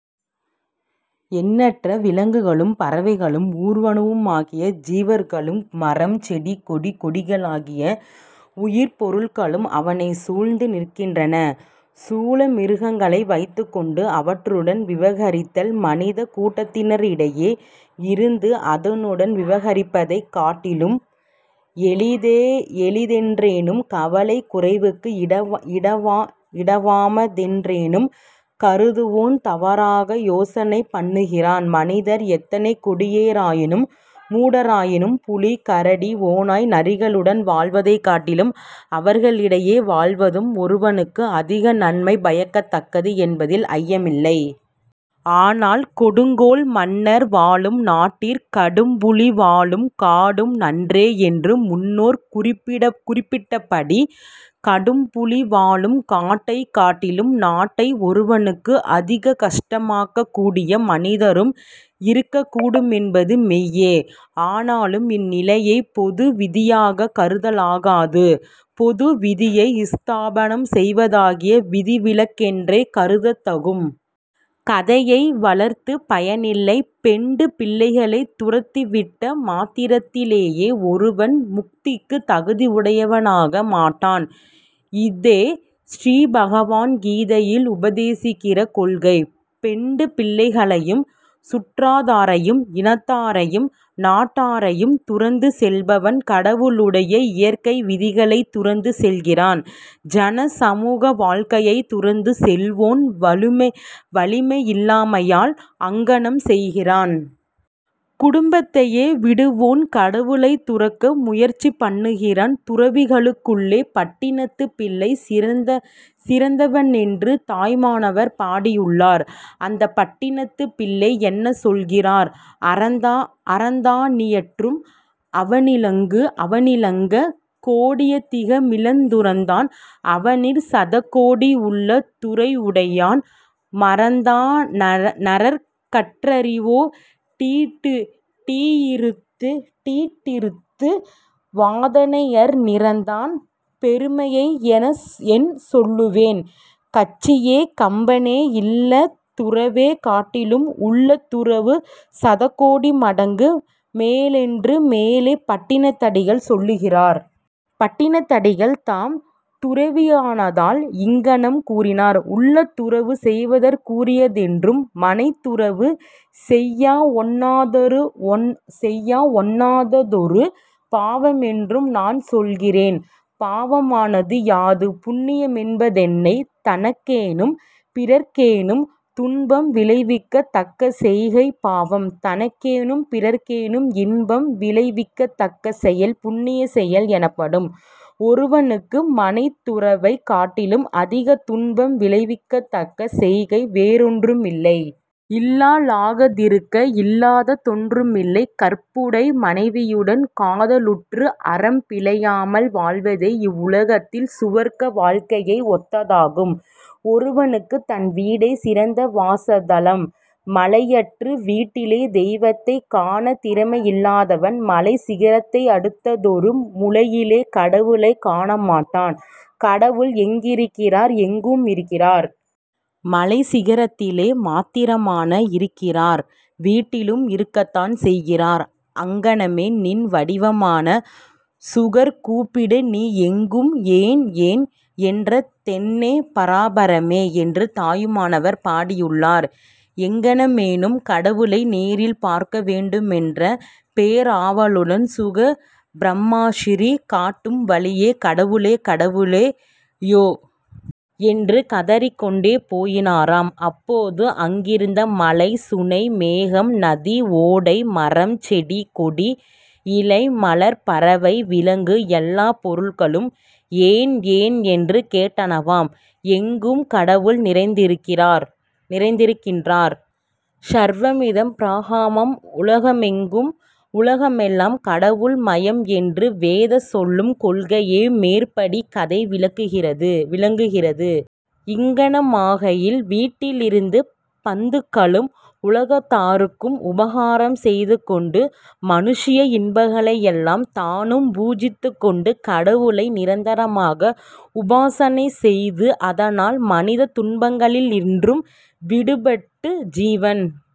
எண்ணற்ற விலங்குகளும், பறவைகளும், ஊர்வனவுமாகிய ஜீவர்களும், மரம், செடி, கொடி கொடிகளாகிய உயிர்ப் பொருள்களும் அவனைச் சூழ்ந்து நிற்கின்றன. சூழ மிருகங்களை வைத்துக் கொண்டு, அவற்றுடன் விவகரித்தல் மனிதக் கூட்டத்தினரிடையே இருந்து அதனுடன் விவகரிப்பதைக் காட்டிலும் எளிதென்றேனும் கவலைக் குறைவுக்கு இடமாவதென்றேனும் கருதுவோன் தவறாக யோசனை பண்ணுகிறான். மனிதர் எத்தனை கொடியாராயினும், மூடராயினும், புலி, கரடி, ஓநாய் நரிகளுடன் வாழ்வதைக் காட்டிலும் அவர்களிடையே வாழ்வதும் ஒருவனுக்கு அதிக நன்மை பயக்கத் தக்கது என்பதில் ஐயமில்லை. ஆனால், 'கொடுங்கோல் மன்னர் வாழும் நாட்டிற் கடும்புலி வாழும் காடும் நன்றே' என்று முன்னோர் குறிப்பிட்டபடி, கடும்புலி வாழும் காட்டைக் காட்டிலும் நாட்டை ஒருவனுக்கு அதிக கஷ்டமாக்கக்கூடிய மனிதரும் இருக்கக் கூடுமென்பது மெய்யே. ஆனால் இந்நிலையைப் பொது விதியாகக் கருதலாகாது. பொது விதியை ஸ்தாபனம் செய்வதாகிய விதிவிலக்கென்றே கருதத் தகும். கதையை வளர்த்துப் பயனில்லை. பெண்டு பிள்ளைகளைத் துறந்துவிட்ட மாத்திரத்திலேயே ஒருவன் முக்திக்குத் தகுதியுடையவனாக மாட்டான். இஃதே ஸ்ரீபகவன் கீதையில் உபதேசிக்கிற கொள்கை. பெண்டு பிள்ளைகளையும் சுற்றதாரையும் இனத்தாரையும் நாட்டாரையும் துறந்து செல்பவன் கடவுளுடைய இயற்கை விதிகளைத் துறந்து செல்கிறான். ஜன சமூக வாழ்க்கையைத் துறந்து செல்வோன் வலிமையில்லாமையால் அங்ஙனம் செய்கிறான். குடும்பத்தையே விடுவோன் கடவுளைத் துறக்க முயற்சி பண்ணுகிறான். துறவிகளுக்குள்ளே பட்டினத்துப் பிள்ளை சிறந்தவன் என்று தாயுமானவர் பாடியுள்ளார். அந்தப் பட்டினத்துப் பிள்ளை என்ன சொல்லுகிறார்? அறந்தா னியற்றும் அவனிலுங் கோடியதிக மில்லந் துறந்தான் அவனிற் சதகோடி யுள்ளத் துறையுடையான் மறந்தா னறக் கற்றறிவோ டித்திருத் வாதனையற் நிறந்தான் பெருமையை என் சொல்லுவேன் கச்சியே கம்பனே இல்லத் துறவே காட்டிலும் உள்ளத் துறவு சதகோடி மடங்கு மேலென்று மேலே பட்டினத்தடிகள் சொல்லுகிறார். பட்டினத்தடிகள் தாம் துறவியானதால் இங்ஙனம் கூறினார். உள்ளத் துறவு செய்வதற்குரியதென்றும் மனைத் துறவு செய்யவொண்ணாததொரு பாவமென்றும் நான் சொல்லுகிறேன். பாவமானது யாது? புண்ணியமென்பதெனனை? தனக்கேனும் பிறர்க்கேனும் துன்பம் விளைவிக்கத் தக்க செய்கை பாவம். தனக்கேனும் பிறர்க்கேனும் இன்பம் விளைவிக்கத்தக்க செயல் புண்ணியச் செயல் எனப்படும். ஒருவனுக்கு மனைத் துறவைக் காட்டிலும் அதிகத் துன்பம் விளைவிக்கத்தக்க செய்கை வேறொன்றுமில்லை. 'இல்லா ளகத்திருக்க இல்லாத தொன்றுமில்லை கற்புடைய மனைவியுடன் காதலுற்று, அறம் பிழையாமல் வாழ்வதே இவ்வுலகத்தில் சுவர்க்க வாழ்க்கையை ஒத்ததாகும். ஒருவனுக்குத் தன் வீடே சிறந்த வாசஸ்தலம். மலையற்று. வீட்டிலே தெய்வத்தைக் காணத் திறமையில்லாதவன் மலைச் சிகரத்தையடுத்ததொரு முழையிலே கடவுளைக் காணமாட்டான். கடவுள் எங்கிருக்கிறார்? எங்கும் இருக்கிறார். மலைச் சிகரத்திலே மாத்திரமா இருக்கிறார்? வீட்டிலும் இருக்கத்தான் செய்கிறார். அங்கனமே நின் வடிவமான சுகர்கூப்பிட நீ எங்கும் 'ஏன்? ஏன்? ' என்ற தென்னே பராபரமே? என்று தாயுமானவர் பாடியுள்ளார். எங்ஙனமேனும், கடவுளை நேரில் பார்க்க வேண்டுமென்ற பேராவலுடன், சுகப் பிரம்மரிஷி காட்டும் வழியே, 'கடவுளே, கடவுளே யோ! ' என்று கதறிக்கொண்டு போயினராம். அப்போது அங்கிருந்த மலை, சுனை, மேகம், நதி, ஓடை, மரம், செடி, கொடி, இலை, மலர், பறவை, விலங்கு எல்லாப் பொருள்களும் 'ஏன்? ஏன்? ' என்று கேட்டனவாம். எங்கும் கடவுள் நிறைந்திருக்கின்றார். 'ஸர்வமிதம் ப்ரஹ்ம' உலகமெல்லாம் கடவுள் மயம் என்று வேதம் சொல்லும் கொள்கையையே மேற்படி கதை விளங்குகிறது. இங்ஙனமாகையில் வீட்டிலிருந்து பந்துக்களுக்கும் உலகத்தாருக்கும் உபகாரம் செய்துகொண்டு, மனுஷ்ய இன்பங்களையெல்லாம் தானும் பூஜித்துக்கொண்டு, கடவுளை நிரந்தரமாக உபாசனை செய்து, அதனால் மனிதத் துன்பங்களினின்றும் விடுபட்டு, ஜீவன்